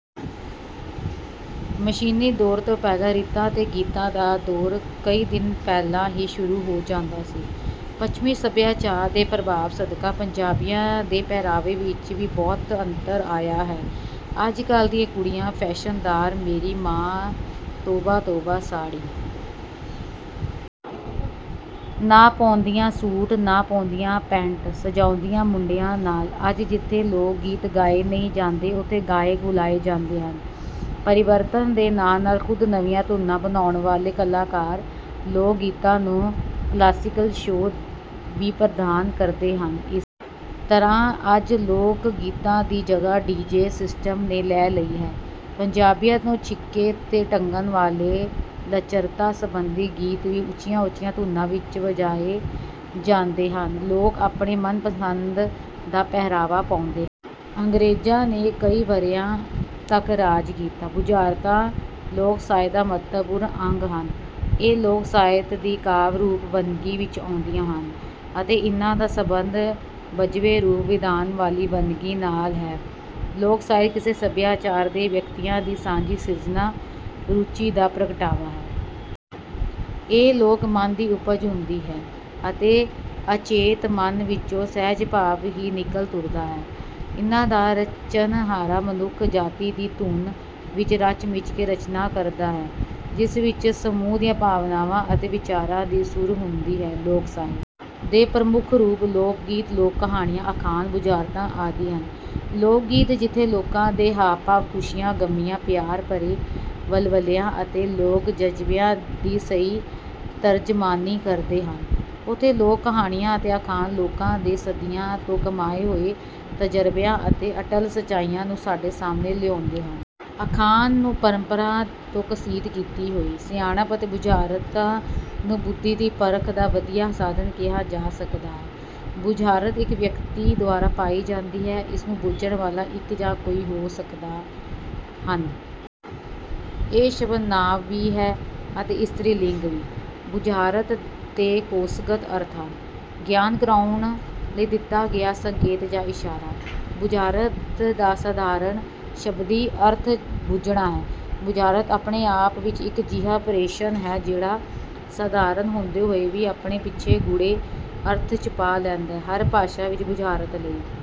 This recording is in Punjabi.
ਮਸ਼ੀਨੀ ਦੌਰ ਤੋਂ ਪਹਿਲਾਂ ਰੀਤਾਂ ਅਤੇ ਗੀਤਾਂ ਦਾ ਦੌਰ ਕਈ ਦਿਨ ਪਹਿਲਾਂ ਹੀ ਸ਼ੁਰੂ ਹੋ ਜਾਂਦਾ ਸੀ। ਪੱਛਮੀ ਸਭਿਆਚਾਰ ਦੇ ਪ੍ਰਭਾਵ ਸਦਕਾ ਪੰਜਾਬੀਆਂ ਦੇ ਪਹਿਰਾਵੇ ਵਿੱਚ ਵੀ ਬਹੁਤ ਅੰਤਰ ਆਇਆ ਹੈ। ਅੱਜਕੱਲ੍ਹ ਦੀਆਂ ਕੁੜੀਆਂ ਫੈਸ਼ਨਦਾਰ, ਮੇਰੀ ਮਾਂ ਤੋਬਾ-ਤੋਬਾ। ਸਾੜੀ ਨਾ ਪਾਉਂਦੀਆਂ, ਸੂਟ ਨਾ ਪਾਉਂਦੀਆਂ, ਪੈਂਟ ਸਜਾਉਂਦੀਆਂ ਮੁੰਡਿਆਂ ਨਾਲ। ਅੱਜ ਜਿੱਥੇ ਲੋਕ-ਗੀਤ ਗਾਏ ਨਹੀਂ ਜਾਂਦੇ, ਉੱਥੇ ਗਾਇਕ ਬੁਲਾਏ ਜਾਂਦੇ ਹਨ। ਪਰਿਵਰਤਨ ਦੇ ਨਾਲ-ਨਾਲ ਖੁਦ ਨਵੀਆਂ ਧੁਨਾਂ ਬਣਾਉਣ ਵਾਲੇ ਕਲਾਕਾਰ ਲੋਕ-ਗੀਤਾਂ ਨੂੰ ਕਲਾਸੀਕਲ ਛੋਹ ਵੀ ਪ੍ਰਦਾਨ ਕਰਦੇ ਹਨ। ਇਸ ਤਰ੍ਹਾਂ ਅੱਜ ਲੋਕ-ਗੀਤਾਂ ਦੀ ਜਗ੍ਹਾ ਡੀ. ਜੇ. ਸਿਸਟਮ ਨੇ ਲੈ ਲਈ ਹੈ। ਪੰਜਾਬੀਅਤ ਨੂੰ ਛਿੱਕੇ ’ਤੇ ਟੰਗਣ ਵਾਲੇ ਲੱਚਰਤਾ-ਸੰਬੰਧੀ ਗੀਤ ਵੀ ਉੱਚੀਆਂ-ਉੱਚੀਆਂ ਧੁਨਾਂ ਵਿੱਚ ਬਜਾਏ ਜਾਂਦੇ ਹਨ। ਲੋਕ ਆਪਣੇ ਮਨਪਸੰਦ ਦਾ ਪਹਿਰਾਵਾ ਪਾਉਂਦੇ ਹਨ। ਅੰਗਰੇਜ਼ਾਂ ਨੇ ਕਈ ਵਰ੍ਹਿਆਂ ਤੱਕ ਰਾਜ ਕੀਤਾ। ਬੁਝਾਰਤਾਂ ਲੋਕ-ਸਾਹਿਤ ਦਾ ਮਹੱਤਵਪੂਰਨ ਅੰਗ ਹਨ। ਇਹ ਲੋਕ-ਸਾਹਿਤ ਦੀ ਕਾਵਿ-ਰੂਪ ਵੰਨਗੀ ਵਿੱਚ ਆਉਂਦੀਆਂ ਹਨ ਅਤੇ ਇਨ੍ਹਾਂ ਦਾ ਸੰਬੰਧ ਬੱਝਵੇਂ ਰੂਪ-ਵਿਧਾਨ ਵਾਲੀ ਵੰਨਗੀ ਨਾਲ ਹੈ। ਲੋਕ-ਸਾਹਿਤ ਕਿਸੇ ਸਭਿਆਚਾਰ ਦੇ ਵਿਅਕਤੀਆਂ ਦੀ ਸਾਂਝੀ ਸਿਰਜਣਾ-ਰੁਚੀ ਦਾ ਪ੍ਰਗਟਾਵਾ ਹੈ। ਇਹ ਲੋਕ-ਮਨ ਦੀ ਉਪਜ ਹੁੰਦੀ ਹੈ ਅਤੇ ਅਚੇਤ ਮਨ ਵਿੱਚੋਂ ਸਹਿਜ-ਭਾਵ ਹੀ ਨਿਕਲ ਤੁਰਦਾ ਹੈ। ਇਨ੍ਹਾਂ ਦਾ ਰਚਨਹਾਰਾ ਮਨੁੱਖ ਜਾਤੀ ਦੀ ਧੁਨ ਵਿੱਚ ਰਚ-ਮਿਚ ਕੇ ਰਚਨਾ ਕਰਦਾ ਹੈ, ਜਿਸ ਵਿੱਚ ਸਮੂਹ ਦੀਆਂ ਭਾਵਨਾਵਾਂ ਅਤੇ ਵਿਚਾਰਾਂ ਦੀ ਸੁਰ ਹੁੰਦੀ ਹੈ। ਲੋਕ-ਸਾਹਿਤ ਦੇ ਪ੍ਰਮੁੱਖ ਰੂਪ ਲੋਕ-ਗੀਤ, ਲੋਕ-ਕਹਾਣੀਆਂ, ਅਖਾਣ, ਬੁਝਾਰਤਾਂ ਆਦਿ ਹਨ। ਲੋਕ-ਗੀਤ ਜਿੱਥੇ ਲੋਕਾਂ ਦੇ ਹਾਵ-ਭਾਵ, ਖੁਸ਼ੀਆਂ-ਗ਼ਮੀਆਂ, ਪਿਆਰ-ਭਰੇ ਵਲਵਲਿਆਂ ਅਤੇ ਲੋਕ-ਜਜ਼ਬਿਆਂ ਦੀ ਸਹੀ ਤਰਜਮਾਨੀ ਕਰਦੇ ਹਨ, ਉੱਥੇ ਲੋਕ-ਕਹਾਣੀਆਂ ਅਤੇ ਅਖਾਣ ਲੋਕਾਂ ਦੇ ਸਦੀਆਂ ਤੋਂ ਕਮਾਏ ਹੋਏ ਤਜ਼ਰਬਿਆਂ ਅਤੇ ਅਟੱਲ ਸੱਚਾਈਆਂ ਨੂੰ ਸਾਡੇ ਸਾਹਮਣੇ ਲਿਆਉਂਦੇ ਹਨ। ਅਖਾਣ ਨੂੰ ਪਰੰਪਰਾ ਤੋਂ ਕਸ਼ੀਦ ਕੀਤੀ ਹੋਈ ਸਿਆਣਪ ਅਤੇ ਬੁਝਾਰਤਾਂ ਨੂੰ ਬੁੱਧੀ ਦੀ ਪਰਖ ਦਾ ਵਧੀਆ ਸਾਧਨ ਕਿਹਾ ਜਾ ਸਕਦਾ ਹੈ। ਬੁਝਾਰਤ ਇੱਕ ਵਿਅਕਤੀ ਦੁਆਰਾ ਪਾਈ ਜਾਂਦੀ ਹੈ। ਇਸ ਨੂੰ ਬੁੱਝਣ ਵਾਲਾ ਇੱਕ ਜਾਂ ਕਈ ਹੋ ਸਕਦੇ ਹਨ। ਇਹ ਸ਼ਬਦ ਨਾਂਵ ਵੀ ਹੈ ਅਤੇ ਇਸਤਰੀ ਲਿੰਗ ਵੀ। ਬੁਝਾਰਤ ਦੇ ਕੋਸ਼ਗਤ ਅਰਥ ਹਨ—“ਗਿਆਨ ਕਰਾਉਣ ਲਈ ਦਿੱਤਾ ਗਿਆ ਸੰਕੇਤ ਜਾਂ ਇਸ਼ਾਰਾ।” ਬੁਝਾਰਤ ਦਾ ਸਾਧਾਰਣ ਸ਼ਬਦੀ ਅਰਥ ‘ਬੁੱਝਣਾ’ ਹੈ। ਬੁਝਾਰਤ ਆਪਣੇ ਆਪ ਵਿੱਚ ਇੱਕ ਅਜਿਹਾ ਪ੍ਰਸ਼ਨ ਹੈ, ਜਿਹੜਾ ਸਧਾਰਨ ਹੁੰਦੇ ਹੋਏ ਵੀ ਆਪਣੇ ਪਿੱਛੇ ਗੂੜ੍ਹੇ ਅਰਥ ਛੁਪਾ ਲੈਂਦਾ ਹੈ। ਹਰ ਭਾਸ਼ਾ ਵਿੱਚ ਬੁਝਾਰਤਾਂ ਲਈ…